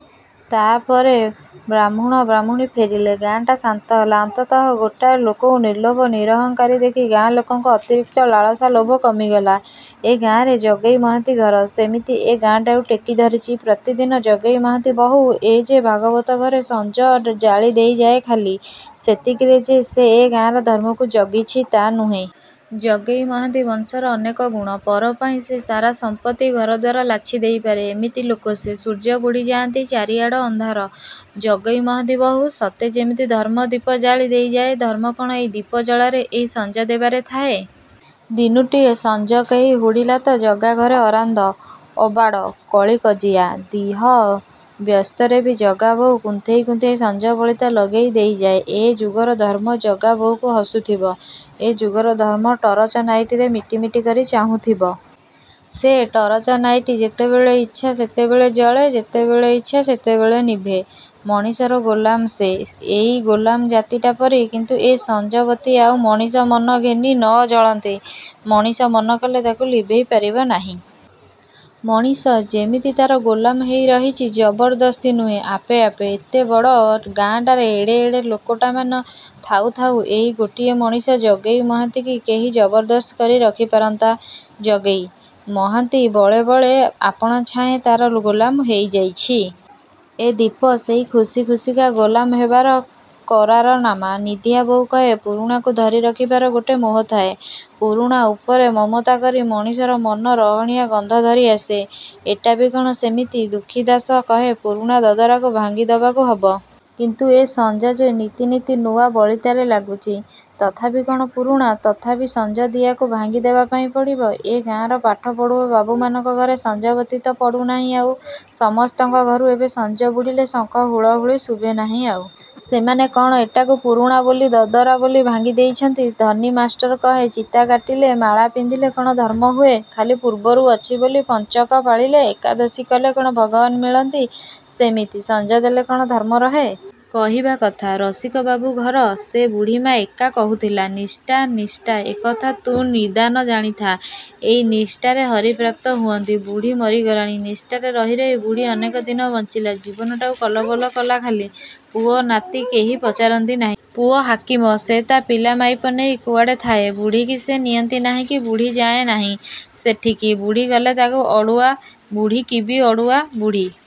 ତା'ପରେ ବାହ୍ମୁଣ ବାହ୍ମୁଣୀ ଫେରିଲେ, ଗାଁଟା ଶାନ୍ତ ହେଲା। ଅନ୍ତତଃ ଗୋଟାଏ ଲୋକକୁ ନିର୍ଲୋଭ ନିରହଙ୍କାରୀ ଦେଖି ଗାଁ ଲୋକଙ୍କ ଅତିରିକ୍ତ ଲାଳସା, ଲୋଭ କମିଗଲା-। ଏଗାଁରେ ଜଗେଇ ମହାନ୍ତି ଘର ସେମିତି–ଏ–ଗାଁଟାକୁ ଟେକି ଧରିଚି। ପ୍ରତିଦିନ ଜଗେଇ ମହାନ୍ତି ବହୂ ଏ ଯେ ଭାଗବତ ଘରେ ସଞ୍ଜ ଜାଳି ଦେଇଯାଏ ଖାଲି, ସେତିକିରେ ଯେ ସେ ଏ ଗାଁର ଧର୍ମକୁ ଜଗିଛି, ତା' ନୁହେଁ। ଜଗେଇ ମହାନ୍ତି ବଂଶର ଅନେକ ଗୁଣ। ପରପାଇଁ ସେ ସାରା ସମ୍ପତ୍ତି ଘର ଦ୍ୱାର ଲାଛି ଦେଇପାରେ। ଏମିତି ଲୋକ ସେ। ସୂର୍ଯ୍ୟ ବୁଡ଼ି ଯାଆନ୍ତି। ଚାରିଆଡ଼ ଅନ୍ଧାର। ଜଗେଇ ମହାନ୍ତି ବହୂ ସତେ ଯେମିତି ଧର୍ମଦୀପ ଜାଳି ଦେଇଯାଏ। ଧର୍ମ କ'ଣ ଏଇ ଦୀପ ଜଳାରେ–ଏଇ ସଞ୍ଜ ଦେବାରେ ଥାଏ? ଦିନୁଟିଏ ସଞ୍ଜ କେହି ହୁଡ଼ିଲା ତ ଜଗା ଘରେ ଅରାନ୍ଧ ଅବାଢ଼, କଳି କଜିଆ। ଦିହ ବ୍ୟସ୍ତରେବି ଜଗାବୋହୂ କୁନ୍ଥେଇ କୁନ୍ଥେଇ ସଞ୍ଜ ବଳିତା ଲଗେଇ ଦେଇଯାଏ। ଏ ଯୁଗର ଧର୍ମ ଜଗାବୋହୂକୁ ହସୁଥିବ। ଏ ଯୁଗର ଧର୍ମ ଟରଚ ନାଇଟିରେ ମିଟିମିଟି କରି ଚାହୁଁଥିବ। ସେ ଟରଚନାଇଟି ଯେତେବେଳେ ଇଚ୍ଛା ସେତେବେଳେ ଜଳେ ଯେତେବେଳେ ଇଚ୍ଛା ସେତେବେଳେ ନିଭେ। ମଣିଷର ଗୋଲାମ ସେ। ଏଇ ଗୋଲାମ ଜାତିଟା ପରି। କିନ୍ତୁ ଏ ସଞ୍ଜ ବତି ଆଉ ମଣିଷ ମନ ଘେନି ନ ଜଳନ୍ତି। ମଣିଷ ମନ କଲେ ତାକୁ ଲିଭେଇ ପାରିବ ନାହିଁ। ମଣିଷ ଯେମିତି ତା'ର ଗୋଲାମ ହେଇ ରହିଛି–ଜବରଦସ୍ତି ନୁହେଁ–ଆପେ ଆପେ। ଏତେବଡ଼ ଗାଁଟାରେ ଏଡ଼େ ଏଡ଼େ ଲୋକଟାମାନ ଥାଉ ଥାଉ ଏଇ ଗୋଟିଏ ମଣିଷ ଜଗେଇ ମହାନ୍ତି କି କେହି ଜବରଦସ୍ତ କରି ରଖି ପାରନ୍ତା? ଜଗେଇ। ମହାନ୍ତି ବଳେ ବଳେ ଆପଣାଛାଏଁ ତା'ର ଗୋଲାମ ହେଇଯାଇଚି। ଏ ଦୀପ ସେଇ ଖୁସି ଖୁସିକା ଗୋଲାମ ହେବାର କରାରନାମା। ନିଧିଆ ବୋଉ କହେ–ପୁରୁଣାକୁ ଧରି ରଖିବାର ଗୋଟେ ମୋହ ଥାଏ। ପୁରୁଣା ଉପରେ ମମତା କରି ମଣିଷର ମନ ରହଣିଆ ଗନ୍ଧ ଧରି ଆସେ। ଏଟାବି କ'ଣ ସେମିତି? ଦୁଃଖୀଦାଶ କହେ–ପୁରୁଣା ଦଦରାକୁ ଭାଙ୍ଗି ଦବାକୁ ହବ। କିନ୍ତୁ ଏ ସଞ୍ଜ ଯେ ନିତି ନିତି ନୂଆ ବଳିତାରେ ଲାଗୁଚି–ତଥାପି କ'ଣ ପୁରୁଣା? ତଥାପି ସଞ୍ଜ ଦିଆକୁ ଭାଙ୍ଗି ଦେବାପାଇଁ ପଡ଼ିବ-? ଏ ଗାଁର ପାଠପଢ଼ୁଆ ବାବୁମାନଙ୍କ ଘରେ ସଞ୍ଜ ବତି ତ ପଡ଼ୁ ନାହିଁ ଆଉ। ସମସ୍ତଙ୍କ ଘରୁ ଏବେ ସଞ୍ଜ ବୁଡ଼ିଲେ ଶଙ୍ଖ ହୁଳହୁଳି ଶୁଭେ ନାହିଁ ଆଉ। ସେମାନେ କ'ଣ ଏଟାକୁ ପୁରୁଣା ବୋଲି, ଦଦରା ବୋଲି ଭାଙ୍ଗି ଦେଇଚନ୍ତି? ଧନୀ ମାଷ୍ଟର କହେ–ଚିତାକାଟିଲେ, ମାଳା ପିନ୍ଧିଲେ, କ'ଣ ଧର୍ମ ହୁଏ? ଖାଲି ପୂର୍ବରୁ ଅଛି ବୋଲି ପଞ୍ଚକ ପାଳିଲେ, ଏକାଦଶୀ କଲେ କ'ଣ ଭଗବାନ୍ ମିଳନ୍ତି? ସେମିତି ସଞ୍ଜ ଦେଲେ କ'ଣ ଧର୍ମ ରହେ? କହିବା କଥା। ରସିକବାବୁ ଘର ସେ ବୁଢ଼ୀମା ଏକା କହୁଥିଲା–''ନିଷ୍ଠା–ନିଷ୍ଠା–ଏ କଥା ତୁ ନିଦାନ ଜାଣିଥା–ଏଇ ନିଷ୍ଠାରେ ହରି ପ୍ରାପ୍ତ ହୁଅନ୍ତି। '' ବୁଢ଼ୀ ମରିଗଲାଣି। ନିଷ୍ଠାରେ ରହି ରହି ବୁଢ଼ୀ ଅନେକ ଦିନ ବଞ୍ଚିଲା–ଜୀବନଟାକୁ କଲବଲ କଲା ଖାଲି। ପୁଅ ନାତି କେହି ପଚାରନ୍ତି ନାହିଁ। ପୁଅ ହାକିମ। ସେ ତା' ପିଲାମାଇପ ନେଇ କୁଆଡ଼େ ଥାଏ। ବୁଢ଼ୀକି ସେ ନିଅନ୍ତି ନାହିଁ କି ବୁଢ଼ୀ ଯାଏଁ ନାହିଁ ସେଠିକି। ବୁଢ଼ୀ ଗଲେ ତାଙ୍କୁ ଅଡ଼ୁଆ, ବୁଢ଼ୀକିବି ଅଡ଼ୁଆ। ବୁଢ଼ୀ